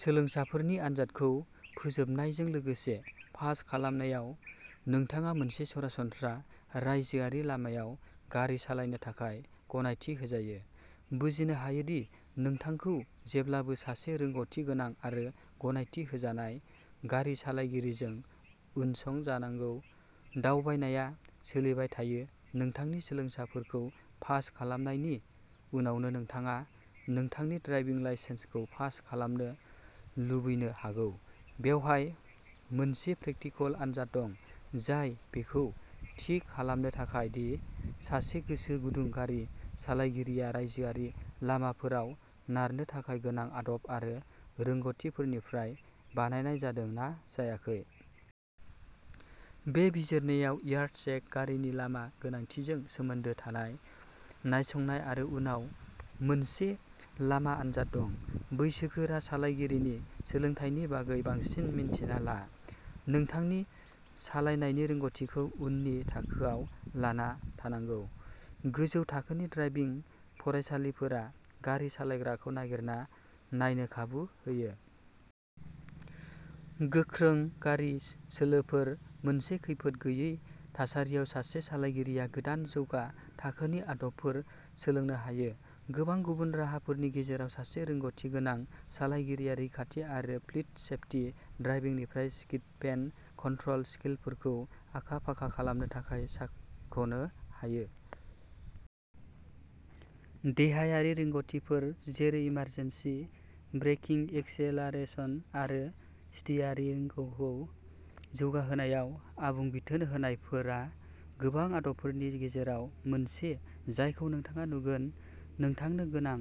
सोलोंसाफोरनि आनजादखौ फोजोबनायजों लोगोसे पास खालामनायाव नोंथाङा मोनसे सरासनस्रा रायजोआरि लामायाव गारि सालायनो थाखाय गनायथि होजायो। बुजिनो हायो दि नोंथांखौ जेब्लाबो सासे रोंग'थिगोनां आरो गनायथि होजानाय गारि सालायगिरिजों उनसंजानांगौ। दावबायनाया सोलिबाय थायो नोंथांनि सोलोंसाफोरखौ पास खालामनायनि उनावनो नोंथाङा नोंथांनि ड्राइभिं लाइसेन्सखौ पास खालामनो लुबैनो हागौ बेवहाय मोनसे प्रेकटिकल आनजाद दं जाय बेखौ थि खालामनो थाखाय दि सासे गोसो गुदुं गारि सालायगिरिया रायजोआरि लामाफोराव नारनो थाखाय गोनां आदब आरो रोंग'थिफोरनिफ्राय बानायनाय जादों ना जायाखै। बे बिजिरनायाव यार्ड चेक गारिनि लामा गोनांथिजों सोमोन्दो थानाय नायसंनाय आरो उनाव मोनसे लामा आनजाद दं। बैसोगोरा सालायगिरिनि सोलोंथायनि बागै बांसिन मिन्थिना ला। नोंथांनि सालायनायनि रोंग'थिखौ उननि थाखोआव लाना थांनांगौ गोजौ थाखोनि ड्राइभिं फरायसालिफोरा गारि सालायग्राखौ नागिरना नायनो खाबु होयो। गोख्रों गारि सोलोफोर मोनसे खैफोद गैयै थासारियाव सासे सालायगिरिया गोदान जौगा थाखोनि आदबफोर सोलोंनो हायो। गोबां गुबुन राहाफोरनि गेजेराव सासे रोंग'थि गोनां सालायगिरिया रैखाथि आरो फ्लीट सेफटि ड्राइभिंनिफ्राय स्किडपेन कन्ट्रल स्किलफोरखौ आखा फाखा खालामनो थाखाय साख'नो हायो। देहायारि रोंग'थिफोर जेरै इमारजेन्सि ब्रेकिं एक्सेलारेशन आरो स्टीयारिंगखौ जौगाहोनायाव आबुं बिथोन होनायफोरा गोबां आदबफोरनि गेजेराव मोनसे जायखौ नोंथाङा नुगोन। नोंथांनो गोनां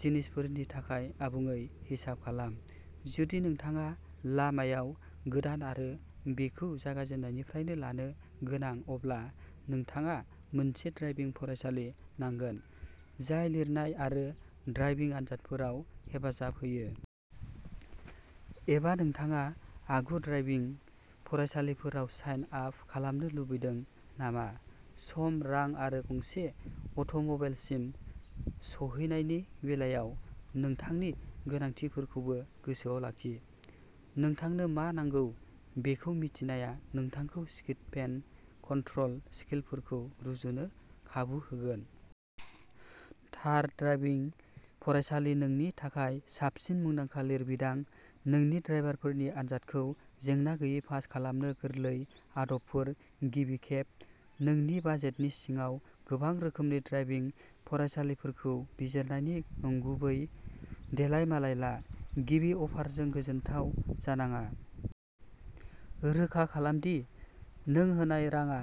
जिनिसफोरनि थाखाय आबुङै हिसाब खालाम। जुदि नोंथाङा लामायाव गोदान आरो बेखौ जागायजेननायनिफ्रायनो लानो गोनां अब्ला नोंथाङा मोनसे ड्राइभिं फरायसालि नांगोन जाय लिरनाय आरो ड्राइभिं आनजादफोराव हेफाजाब होयो। एबा नोंथाङा आगु ड्राइभिं फरायसालिफोराव साइन आप खालामनो लुबैदों नामा सम रां आरो गंसे अट'मबाइलसिम सौहैनायनि बेलायाव नोंथांनि गोनांथिफोरखौबो गोसोआव लाखि। नोंथांनो मा नांगौ बेखौ मिथिनाया नोंथांखौ स्किडपेन कन्ट्रल स्किलफोरखौ रुजुनो खाबु होगोन। थार ड्राइभिं फरायसालि नोंनि थाखाय साबसिन मुंदांखा लिरबिदां नोंनि ड्राइभारफोरनि आनजादखौ जेंना गैयै पास खालामनो गोरलै आदबफोर गिबि खेब। नोंनि बाजेटनि सिङाव गोबां रोखोमनि ड्राइभिं फरायसालिफोरखौ बिजिरनायनि नंगुबै देलायमालाय ला। गिबि अफारजों गोजोनथाव जानाङा। रोखा खालाम दि नों होनाय राङा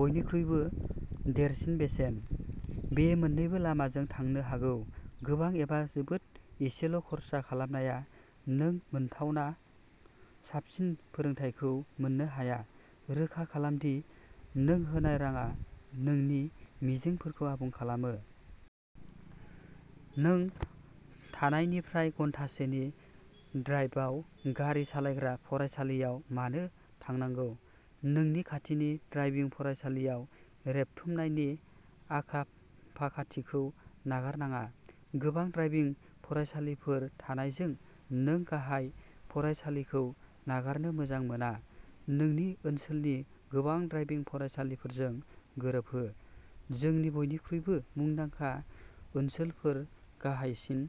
बयनिख्रुइबो देरसिन बेसेन। बेयो मोन्नैबो लामाजों थांनो हागौ गोबां एबा जोबोद एसेल'खर्सा खालामनाया नों मोनथावना साबसिन फोरोंथायखौ मोननो हाया। रोखा खालाम दि नों होनाय राङा नोंनि मिजिंफोरखौ आबुं खालामो। नों थानायनिफ्राय घन्टासेनि ड्राइभआव गारि सालायग्रा फरायसालियाव मानो थांनांगौ नोंनि खाथिनि ड्राइभिं फरायसालियाव रेबथुमनायनि आखा फाखाथिखौ नागारनाङा। गोबां ड्राइभिं फरायसालिफोर थानायजों नों गाहाय फरायसालिखौ नागारनो मोजां मोना। नोंनि ओनसोलनि गोबां ड्राइभिं फरायसालिफोरजों गोरोबहो। जोंनि बयनिख्रुइबो मुंदांखा ओनसोलफोर गाहायसिन।